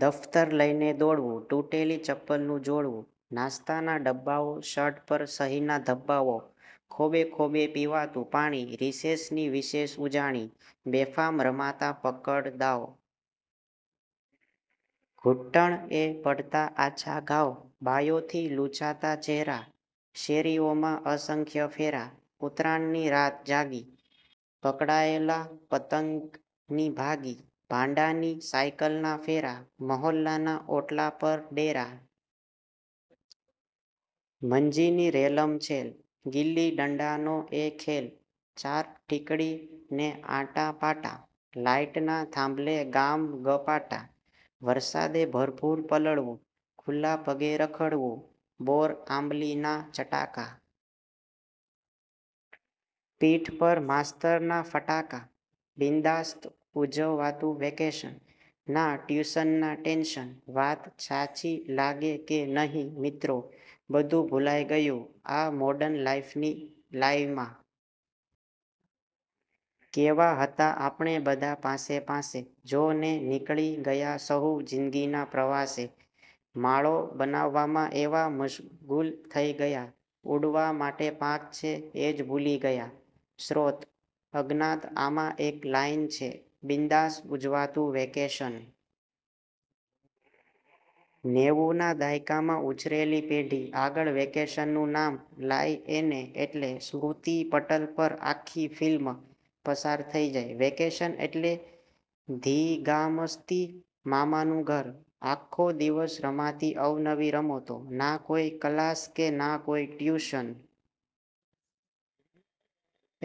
દફતર લઈને દોડવુ! તૂટેલી ચપ્પલ નું જોડવું! નાશ્તા ના ડબ્બાઓ! શર્ટ પર સહીના ધબ્બાઓ! ખોબે ખોબે પીવાતું પાણી! રીસેસ ની વિશેષ ઉજાણી! બેફામ રમાતા પકડ દાવ! ઘૂંટણ એ પડતા આછા ઘાવ! બાયોં થી લુંછાતા ચેહરા! શેરીઓમાં અસંખ્ય ફેરાં! ઉતરાણ ની રાત જાગી! પકડાયલા પતંગ ની ભાગી! ભાડાં ની સાયકલ નાં ફેરાં! મહોલ્લાના ઓટલા પર ડેરા! મંજી ની રેલમ છેલ! ગીલ્લી ડંડા નો એ ખેલ! ચાર ઠીકડી ને આટા પાટા! લાઈટના થાંભલે ગામગપાટા! વરસાદે ભરપૂર પલળવું! ખુલ્લા પગે રખડવું! બોર આમલી નાં ચટાકા! પીઠ પર માસ્તર ના ફટાકા! બિન્દાસ્ત ઉજવાતું વેકેશન! નાં ટ્યુશન નાં ટેન્શન! વાત સાચી લાગી! કે નહિ મિત્રો!! બધું ભૂલાઈ ગયું..!! આ મોર્ડન લાઈફ ની લાઇ માં! કેવાં હતાં આપણે બધાં પાસે-પાસે? જો ને નીકળી ગયા સહુ જીંદગીના પ્રવાસે! માળો બનાવવામાં એવા મશગુલ થઇ ગયા; ઉડવા માટે પાંખ છે એજ ભૂલી ગયા! સ્ત્રોત: અજ્ઞાત આમાં એક લાઈન છે, બિન્દાસ ઉજવાતું વેકેશન. નેવુ ના દાયકામાં ઉછરેલી પેઢી આગળ વેકેશન નું નામ લાઇએને એટલે સ્મૃતિપટલ પર આખ્ખી ફિલ્મ પસાર થઈ જાય. વેકેશન એટલે ધીંગામસ્તી, મામાનું ઘર, આખ્ખો દિવસ રમાતી અવનવી રમતો, ના કોઈ કલાસ કે ના કોઈ ટ્યુશન..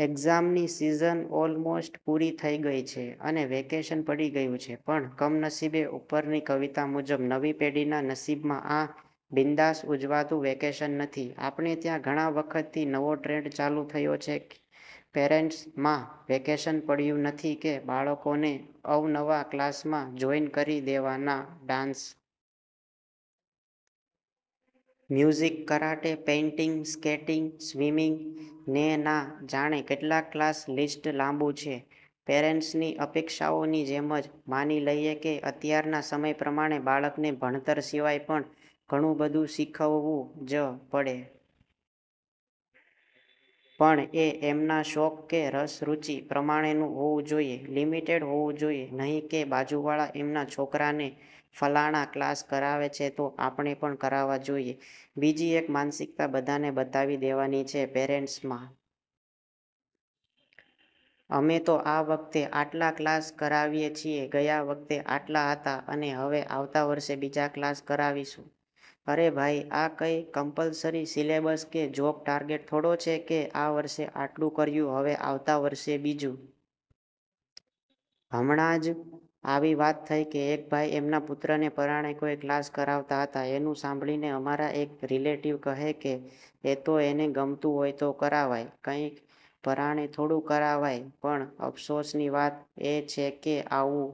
એક્ઝામ્સ ની સીઝન ઓલમોસ્ટ પુરી થઈ ગઈ છે અને વેકેશન પડી ગયુ છે. પણ કમનસીબે ઉપરની કવિતા મુજબ નવી પેઢીના નસીબમાં આ બિન્દાસ ઉજવાતું વેકેશન નથી.. આપણે ત્યાં ઘણાં વખતથી નવો ટ્રેન્ડ ચાલુ થયો છે પેરેન્ટ્સ માં, વેકેશન પડ્યું નથી કે બાળકોને અવનવા ક્લાસમાં જોઈન કરી દેવાના..ડાન્સ, music, karate, painting, skating, swimming ને ના જાણે કેટલાક કલાસ.. લિસ્ટ લાબું છે, પેરેન્ટ્સ ની અપેક્ષાઓ ની જેમ જ. માની લઈએ કે અત્યારના સમય પ્રમાણે બાળકને ભણતર સિવાય પણ ઘણું બધુ શીખવવું જ પડે. પણ એ એમના શોખ કે રસ રુચિ પ્રમાણેનું હોવું જોઈએ, લિમિટેડ હોવું જોઈએ. નહિ કે બાજુવાળા એમના છોકરા ને ફલાણા કલાસ કરાવે છે તો આપણે પણ કરાવવા જોઈએ. બીજી એક માનસિકતા બધાને બતાવી દેવાની છે પેરેન્ટ્સ માં. અમે તો આ વખતે આટલા કલાસ કરાવીએ છીએ. ગયા વખતે આટલા હતા, અને હવે આવતા વર્ષે બીજા કલાસ કરાવશું.. અરે ભાઈ, આ કંઈ કમ્પલસરી સિલેબસ કે જોબ ટાર્ગેટ થોડો છે કે આ વર્ષે આટલુ કર્યુ હવે આવતા વર્ષે બીજું.. હમણાંજ આવી વાત થઇ કે એક ભાઈ એમના પુત્રને પરાણે કોઈ કલાસ કરાવતા હતા. એનું સાંભળીને અમારા એક રિલેટિવ કહે કે એ તો એને ગમતું હોય તો કરાવાય, કંઈ પરાણે થોડું કરાવાય.. પણ અફસોસની વાત એ છે કે આવું